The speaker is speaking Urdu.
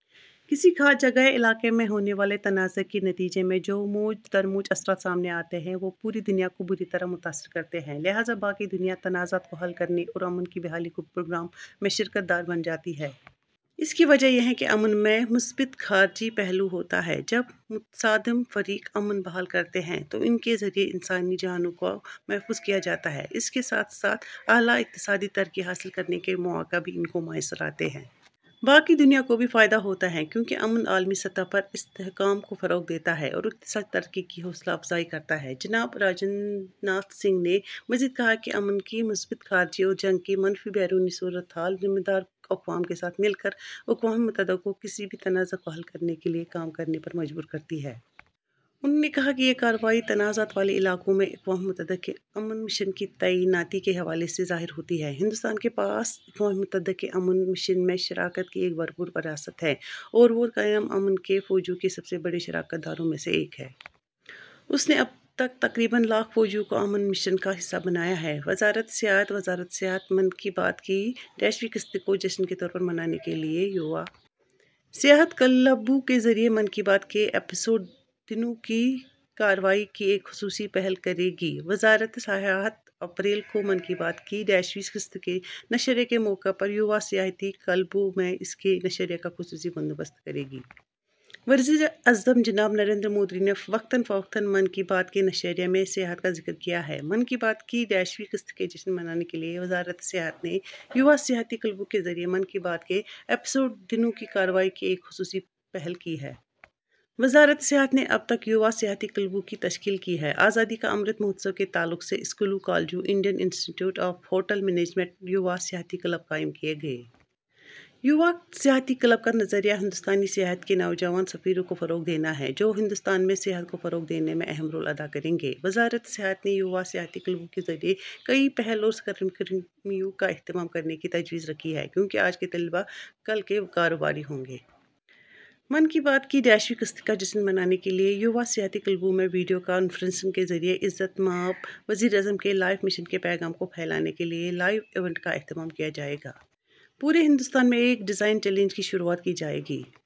کسی خاص جگہ یا علاقے میں ہونے والے تنازعے کے نتیجے میں جو موج درموج اثرات سامنے آتے ہیں وہ پوری دنیا کو بری طرح متاثر کرتے ہے۔ لہٰذا، باقی دنیا تنازعات کو حل کرنے اور امن کی بحالی کے پروگرام میں شراکت دار بن جاتی ہے۔ اس کی وجہ یہ ہے کہ امن میں مثبت خارجی پہلو ہوتا ہے۔ جب متصادم فریق امن بحال کرتے ہیں، تو ان کے ذریعے انسانی جانوں کو محفوظ کیاجاتا ہے، اسی کے ساتھ ساتھ اعلیٰ اقتصادی ترقی حاصل کرنے کے مواقع بھی ان کو میسر آتے ہیں۔ باقی دنیا کو بھی فائدہ ہوتا ہے کیونکہ امن عالمی سطح پر استحکام کو فروغ دیتا ہے اور اقتصادی ترقی کی حوصلہ افزائی کرتا ہے،'' ۔ جناب راجناتھ سنگھ نے مزید کہا کہ امن کی مثبت خارجی اور جنگ کی منفی بیرونی صورت حال ذمہ دار اقوام کے ساتھ مل کر اقوام متحدہ کو کسی بھی تنازع کو حل کرنے کے لیے کام کرنے پر مجبور کرتی ہے۔ انہوں نے کہا کہ یہ کارروائی تنازعات والے علاقوں میں اقوام متحدہ کے امن مشن کی تعیناتی کے حوالے سے ظاہر ہوتی ہے۔ ہندوستان کے پاس اقوام متحدہ کے امن مشن میں شراکت کی ایک بھرپور وراثت ہے اور وہ قیام امن کے فوجیوں کے سب سے بڑے شراکت داروں میں سے ایک ہے۔ اس نے اب تک تقریباً لاکھ فوجیوں کو امن مشن کا حصہ بنایا ہے،. وزارت سیاحت وزارت سیاحت من کی بات کی ویں قسط کو جشن کے طور پر منانے کے لئے یووا سیاحتی کلبوں کے ذریعہ ''من کی بات کے ایپی سوڈ دنوں کی کارروائی'' کی ایک خصوصی پہل کرے گی وزارت سیاحت اپریل کو'من کی بات' کی ویں قسط کے نشریہ کے موقع پر یووا سیاحتی کلبوں میں اس کے نشریہ کا خصوصی بندوبست کرے گی۔ وزیر اعظم جناب نریندر مودی نے وقتاً فوقتاً 'من کی بات' کے نشریہ میں سیاحت کا ذکر کیا ہے۔ من کی بات کی ویں قسط کا جشن منانے کے لیے، وزارت سیاحت نے یووا سیاحتی کلبوں کے ذریعہ '' من کی بات '' کے ایپیسوڈ- دنوں کی کارروائی '' کی ایک خصوصی پہل کی ہے۔ وزارت سیاحت نے اب تک یووا سیاحتی کلبوں کی تشکیل کی ہے ۔ آزادی کا امرت مہوتسو کے تعلق سے اسکولوں، کالجوں، Indian institute of hotel management میں یووا سیاحتی کلب قائم کیے گئے۔ یووا سیاحتی کلب کا نظریہ ہندوستانی سیاحت کے نوجوان سفیروں کو فروغ دینا ہے ، جو ہندوستان میں سیاحت کو فروغ دینے میں اہم رول ادا کریں گے۔ وزارت سیاحت نے یووا سیاحتی کلبوں کے ذریعہ کئی پہل اور سرگرمیوں کا اہتمام کرنے کی تجویز رکھی ہے، کیونکہ آج کے طلباء کل کے کاروباری ہوں گے۔ من کی بات کی ویں قسط کا جشن منانے کے لیے، یووا سیاحتی کلبوں میں ویڈیو کانفرنسنگ کے ذریعے عزت مآب وزیر اعظم کے لائف مشن کے پیغام کو پھیلانے کے لیے لائیو ایونٹ کا اہتمام کیا جائے گا ۔ پورے ہندوستان میں ایک ڈیزائن چیلنج کی شروعات کی جائے گی ۔